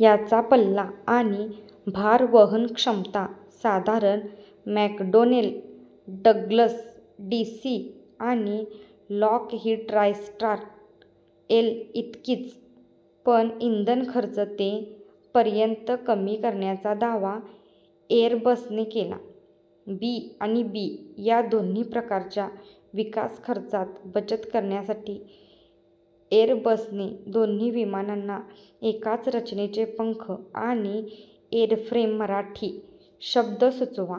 याचा पल्ला आणि भारवहनक्षमता साधारण मॅकडोनेल डग्लस डीसी- आणि लॉकहीड ट्रायस्टार एल- इतकीच पण इंधनखर्च ते पर्यंत कमी करण्याचा दावा एरबसने केला. बी आणि बी या दोन्ही प्रकारांच्या विकासखर्चात बचत करण्यासाठी एरबसने दोन्ही विमानांना एकाच रचनेचे पंख आणि एरफ्रेम मराठी शब्द सुचवा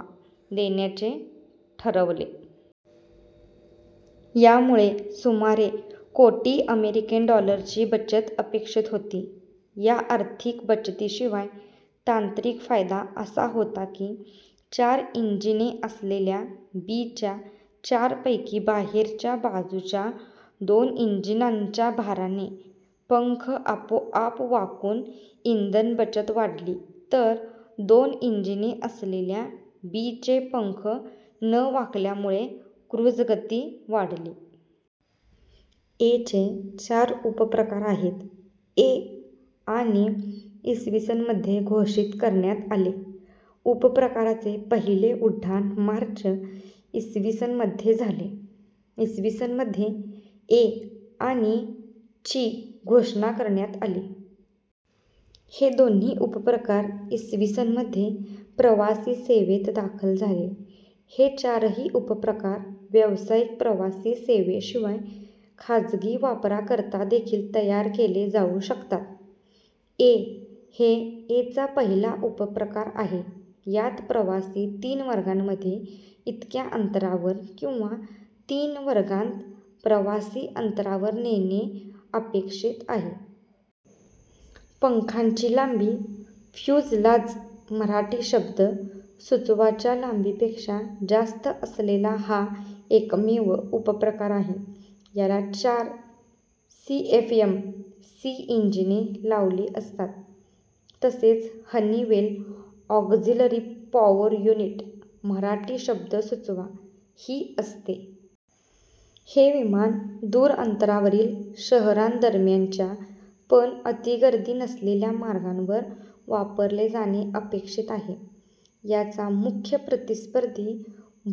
देण्याचे ठरवले. यामुळे सुमारे कोटी अमेरिकन डॉलरची बचत अपेक्षित होती. या आर्थिक बचतीशिवाय तांत्रिक फायदा असा होता की चार इंजिने असलेल्या बी च्या चारपैकी बाहेरच्या बाजूच्या दोन इंजिनांच्या भाराने पंख आपोआप वाकून इंधनबचत वाढली तर दोन इंजिने असलेल्या बी चे पंख न वाकल्यामुळे क्रुझगती वाढली. ए चे चार उपप्रकार आहेत. ए - आणि - इ. स. मध्ये घोषित करण्यात आले. - उपप्रकाराचे पहिले उड्डाण मार्च, इ. स. मध्ये झाले. इ. स. मध्ये ए - आणि - ची घोषणा करण्यात आली. हे दोन्ही उपप्रकार इ. स. मध्ये प्रवासी सेवेत दाखल झाले. हे चारही उपप्रकार व्यावसायिक प्रवासी सेवेशिवाय खाजगी वापराकरतादेखील तयार केले जाऊ शकतात. ए - हे ए चा पहिला उपप्रकार आहे. यात प्रवासी तीन वर्गांमध्ये इतक्या अंतरावर किंवा तीन वर्गांत प्रवासी अंतरावर नेणे अपेक्षित आहे. पंखांची लांबी फ्युजलाझ मराठी शब्द सुचवा च्या लांबीपेक्षा जास्त असलेला हा एकमेव उपप्रकार आहे. याला चार सीएफएम - सी इंजिने लावली असतात तसेच Honeywell - auxiliary power unit Marathi शब्द सुचवा ही असते. हे विमान दूर अंतरावरील शहरांदरम्यानच्या पण अतिगर्दी नसलेल्या मार्गांवर वापरले जाणे अपेक्षित आहे. याचा मुख्य प्रतिस्पर्धी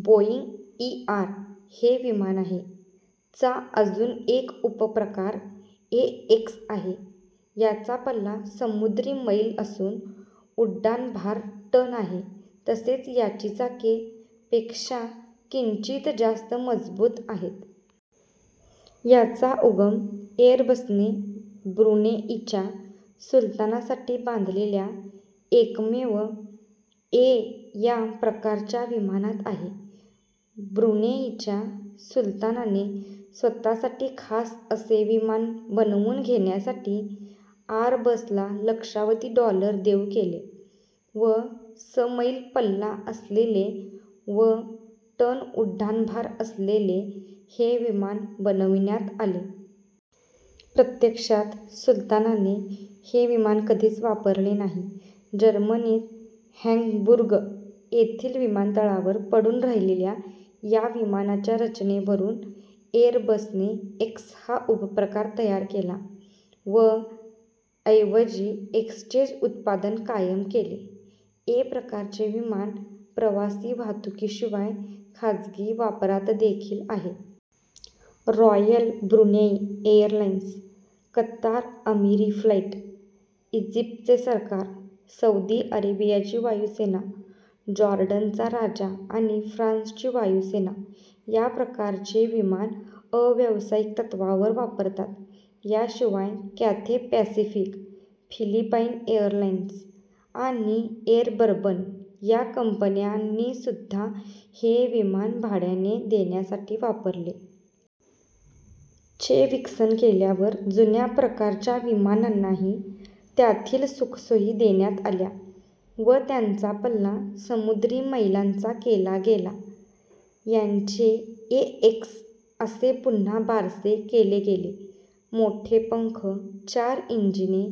बोइंग - ईआर हे विमान आहे. - चा अजून एक उपप्रकार ए - एक्स आहे. याचा पल्ला समुद्री मैल असून उड्डाणभार टन आहे तसेच याची चाके - पेक्षा किंचित जास्त मजबूत आहेत. याचा उगम एरबसने ब्रुनेइच्या सुलतानासाठी बांधलेल्या एकमेव ए - या प्रकारच्या विमानात आहे. ब्रुनेइच्या सुलतानाने स्वतःसाठी खास असे विमान बनवून घेण्यासाठी आरबसला लक्षावधी डॉलर देऊ केले व समैल पल्ला असलेले व टन उड्डाणभार असलेले हे विमान बनविण्यात आले. प्रत्यक्षात सुलतानाने हे विमान कधीच वापरले नाही. जर्मनीत हॅंबुर्ग येथील विमानतळावर पडून राहिलेल्या या विमानाच्या रचनेवरून एरबसने - एक्स हा उपप्रकार तयार केला व - ऐवजी - एक्सचेच उत्पादन कायम केले. ए - प्रकारचे विमान प्रवासी वाहतुकीशिवाय खाजगी वापरातदेखील आहे. Royal Brunei Airlines, Qatar Amiri Flight, इजिप्तचे सरकार, सौदी अरेबियाची वायुसेना, जॉर्डनचा राजा आणि फ्रान्सची वायुसेना या प्रकारचे विमान अव्यावसायिक तत्त्वावर वापरतात. याशिवाय कॅथे पॅसिफिक, फिलिपाईन एरलाइन्स आणि एर बर्बन या कंपन्यांनीसुद्धा हे विमान भाड्याने देण्यासाठी वापरले. चे विकसन केल्यावर जुन्या - प्रकारच्या विमानांनाही त्यातील सुखसोयी देण्यात आल्या व त्यांचा पल्ला समुद्री मैलांचा केला गेला. यांचे ए - एक्स असे पुन्हा बारसे केले गेले. मोठे पंख, चार इंजिने,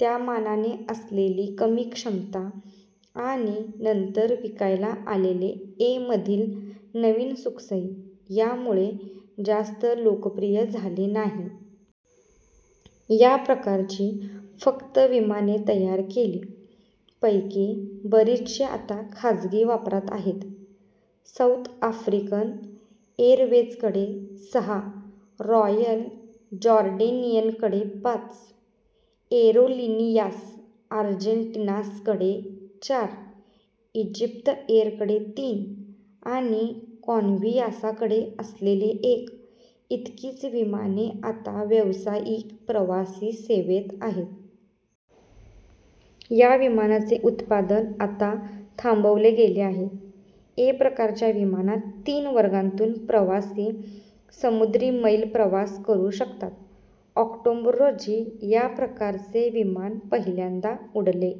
त्यामानाने असलेली कमी क्षमता आणि नंतर विकायला आलेले ए - मधील नवीन सुखसोयी, यांमुळे - जास्त लोकप्रिय झाले नाही. या प्रकारची फक्त विमाने तयार केली. पैकी बरीचशी आता खाजगी वापरात आहेत. साउथ आफ्रिकन एरवेझकडे सहा, रॉयल जॉर्डेनियनकडे पाच, एरोलिनियास आर्जेन्टिनासकडे चार, इजिप्त एरकडे तीन आणि कॉन्व्हियासाकडे असलेले एक, इतकीच विमाने आता व्यावसायिक प्रवासी सेवेत आहेत. या विमानाचे उत्पादन आता थांबवले गेले आहे. ए - प्रकारच्या विमानात तीन वर्गांतून प्रवासी समुद्री मैल प्रवास करू शकतात. ऑक्टोबर, रोजी या प्रकारचे विमान पहिल्यांदा उडले.